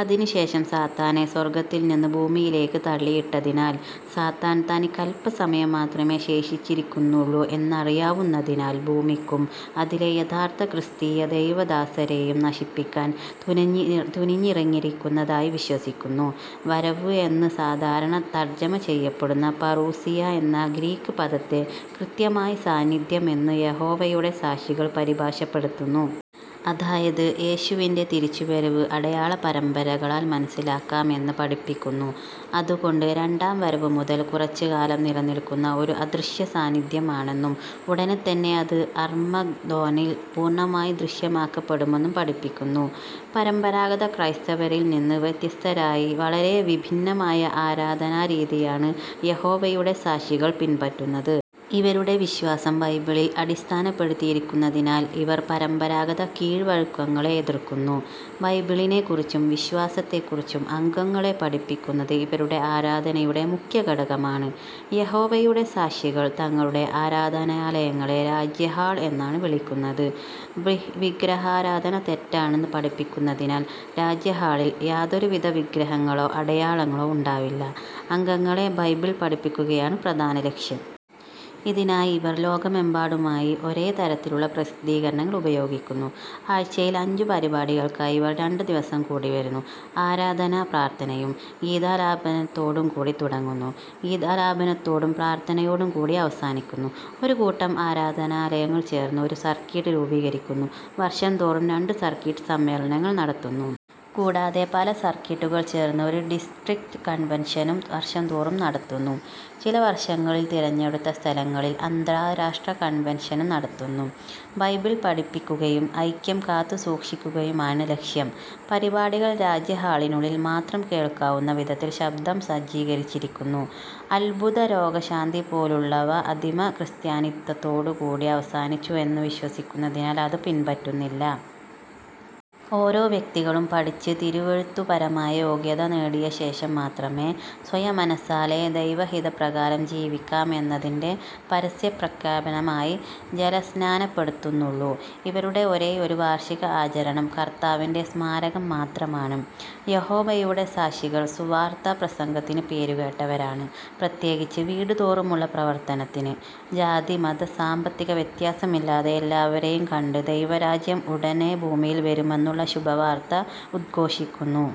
അതിനുശേഷം സാത്തനെ സ്വർഗ്ഗത്തിൽ നിന്ന് ഭൂമിയിലേയ്ക്ക് തള്ളിയിട്ടതിനാൽ, സാത്താൻ തനിക്കല്പസമയം മാത്രമെ ശേഷിച്ചിരിക്കുന്നുള്ളൂ എന്നറിയാവുന്നതിനാൽ ഭൂമിക്കും അതിലെ യഥാർത്ഥ ക്രിസ്തീയ ദൈവദാസരെയും നശിപ്പിക്കാൻ തുനിഞ്ഞിറങ്ങിയിരിക്കുന്നതായി വിശ്വസിക്കുന്നു. വരവ്വ് എന്ന് സാധാരണ തർജ്ജമ ചെയ്യപെടുന്ന "പറൂസിയ" എന്ന ഗ്രീക്ക് പദത്തെ, കൃത്യമായി "സാന്നിധ്യം" എന്ന് യഹോവയുടെ സാക്ഷികൾ പരിഭാഷപ്പെടുത്തുന്നു. അതായത് യേശുവിന്റെ തിരിച്ചുവരവ് അടയാള പരമ്പരകളാൽ മനസ്സിലാക്കാം എന്ന് പഠിപ്പിക്കുന്നു. അതുകൊണ്ട് രണ്ടാംവരവ് മുതൽ കുറച്ച് കാലം നിലനിൽക്കുന്ന ഒരു അദൃശ്യ സാന്നിധ്യം ആണെന്നും ഉടനെ തന്നെ അത് അർമ്മഗ്ദോനിൽ പൂർണ്ണമായി ദൃശ്യമാക്കപ്പെടുമെന്നും പഠിപ്പിക്കുന്നു. പരമ്പരാഗത ക്രൈസ്തവരിൽ നിന്നു വ്യത്യസ്തരായി വളരെ വിഭിന്നമായ ആരാധനാരീതിയാണ് യഹോവയുടെ സാക്ഷികൾ പിൻപറ്റുന്നത്. ഇവരുടെ വിശ്വസം ബൈബിളിൽ അടിസ്ഥാനപ്പെടുത്തിയിരിക്കുന്നതിനാൽ ഇവർ പരമ്പരാഗത കിഴ്വഴക്കങ്ങളെ എതിർക്കുന്നു. ബൈബിളിനെ കുറിച്ചും, വിശ്വാസത്തെ കുറിച്ചും അംഗങ്ങളെ പഠിപ്പിക്കുന്നത് ഇവരുടെ ആരാധനയുടെ മുഖ്യഘടകമാണ്. യഹോവയുടെ സാക്ഷികൾ തങ്ങളുടെ ആരാധനാലയങ്ങളെ രാജ്യഹാൾ എന്നാണ് വിളിക്കുന്നത്. വിഗ്രഹാരാധന തെറ്റാണെന്ന് പഠിപ്പിക്കുതിനാൽ രാജ്യഹാളിൽ യാതൊരുവിധ വിഗ്രഹങ്ങളോ, അടയാളങ്ങളൊ ഉണ്ടാവില്ല. അംഗങ്ങളെ ബൈബിൾ പഠിപ്പിക്കുകയാണ് പ്രധാന ലക്ഷ്യം. ഇതിനായി ഇവർ ലോകമെമ്പാടുമായി ഒരേ തരത്തിലുള്ള പ്രസിദ്ധീകരണങ്ങൾ ഉപയോഗിക്കുന്നു. ആഴ്ചയിൽ അഞ്ച് പരിപാടികൾക്കായി ഇവർ രണ്ട് ദിവസം കൂടിവരുന്നു. ആരാധന പ്രാർത്ഥനയും, ഗീതാലാപനത്തൊടും കൂടി തുടങ്ങി ഗീതാലാപനത്തൊടും, പ്രാർത്ഥനയൊടും കൂടി അവസാനിക്കുന്നു. ഒരു കൂട്ടം ആരാധനാലയങ്ങൾ ചേർന്ന് ഒരു സർക്കീട്ട് രൂപീകരിക്കുന്നു. വർഷംതോറും രണ്ട് സർക്കിട്ട് സമ്മേളനങ്ങൾ നടത്തുന്നു. കൂടാതെ പല സർക്കീട്ടുകൾ ചേർന്ന് ഒരു ഡിസ്ട്രിക്റ്റ് കൺവൻഷനും വർഷം തോറും നടത്തുന്നു. ചില വർഷങ്ങളിൽ തിരഞ്ഞെടുത്ത സ്ഥലങ്ങളിൽ അന്താരാഷ്ട്ര കൺവൻഷനും നടത്തുന്നു. ബൈബിൾ പഠിപ്പിക്കുകയ്യും, ഐക്യം കാത്തുസൂക്ഷിക്കുകയുമാണ് ലക്ഷ്യം. പരിപാടികൾ രാജ്യഹാളിനുള്ളിൽ മാത്രം കേൾക്കാവുന്ന വിധത്തിൽ ശബ്ദം സജ്ജികരിച്ചിരിക്കുന്നു. അത്ഭുത രോഗശാന്തിപോളുള്ളവ അദിമ ക്രിസ്ത്യാനിത്തത്തോടു കൂടി അവസാനിച്ചു എന്ന് വിശ്വസിക്കുന്നതിനാൽ അത് പിൻപറ്റുന്നില്ല. ഒരോ വ്യക്തികളും പഠിച്ച് തിരുവെഴുത്തുപരമായ യോഗ്യത നേടിയശേഷം മാത്രമെ, സ്വയമനസാലെ ദൈവഹിതപ്രകാരം ജീവിക്കാം എന്നതിന്റെ പരസ്യപ്രഖ്യാപനമായി ജലസ്നാനപ്പെടുത്തുന്നുള്ളു. ഇവരുടെ ഒരെയൊരു വാർഷിക ആചരണം കർത്താവിന്റെ സമാരകം മാത്രമാണ്. യഹോവയുടെ സാക്ഷികൾ സുവാർത്ത പ്രസംഗത്തിനു പേരുകേട്ടവരാണ്, പ്രത്യേകിച്ച് വീടുതോറുമുള്ള പ്രവർത്തനത്തിന്. ജാതി, മത, സാമ്പത്തിക വ്യത്യാസമില്ലാതെ എല്ലാവരെയും കണ്ട് ദൈവരാജ്യം ഉടനെ ഭൂമിയിൽ വരുമെന്നുള്ള ശുഭവാർത്ത ഉദ്ഘോഷിക്കുന്നു.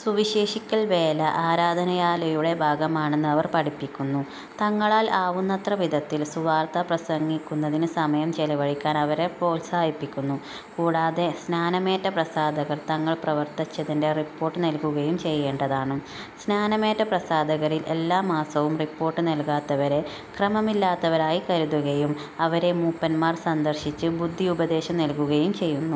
സുവിശേഷിക്കൽ വേല ആരാധനയുടെ ഭാഗമാണെന്ന് അവർ പഠിപ്പിക്കുന്നു. തങ്ങളാൽ ആവുന്നത്ര വിധത്തിൽ സുവാർത്ത പ്രസംഗിക്കുന്നതിന് സമയം ചെലവഴിക്കാൻ അവരെ പ്രോത്സാഹിപ്പിക്കുന്നു, കൂടാതെ സ്നാനമേറ്റ പ്രസാദകർ തങ്ങൾ പ്രവർത്തിച്ചതിന്റെ റിപ്പോർട്ട് നൽകുകയും ചെയ്യേണ്ടതാണ്. സ്നാനമേറ്റ പ്രസാദകരിൽ എല്ലാ മാസവും റിപ്പോർട്ട് നൽകാത്തവരെ ക്രമമില്ലാത്തവരായി കരുതുകയും, അവരെ മൂപ്പന്മാർ സന്ദർശിച്ച് ബുദ്ധിയുപദേശം നൽകുകയും ചെയ്യുന്നു.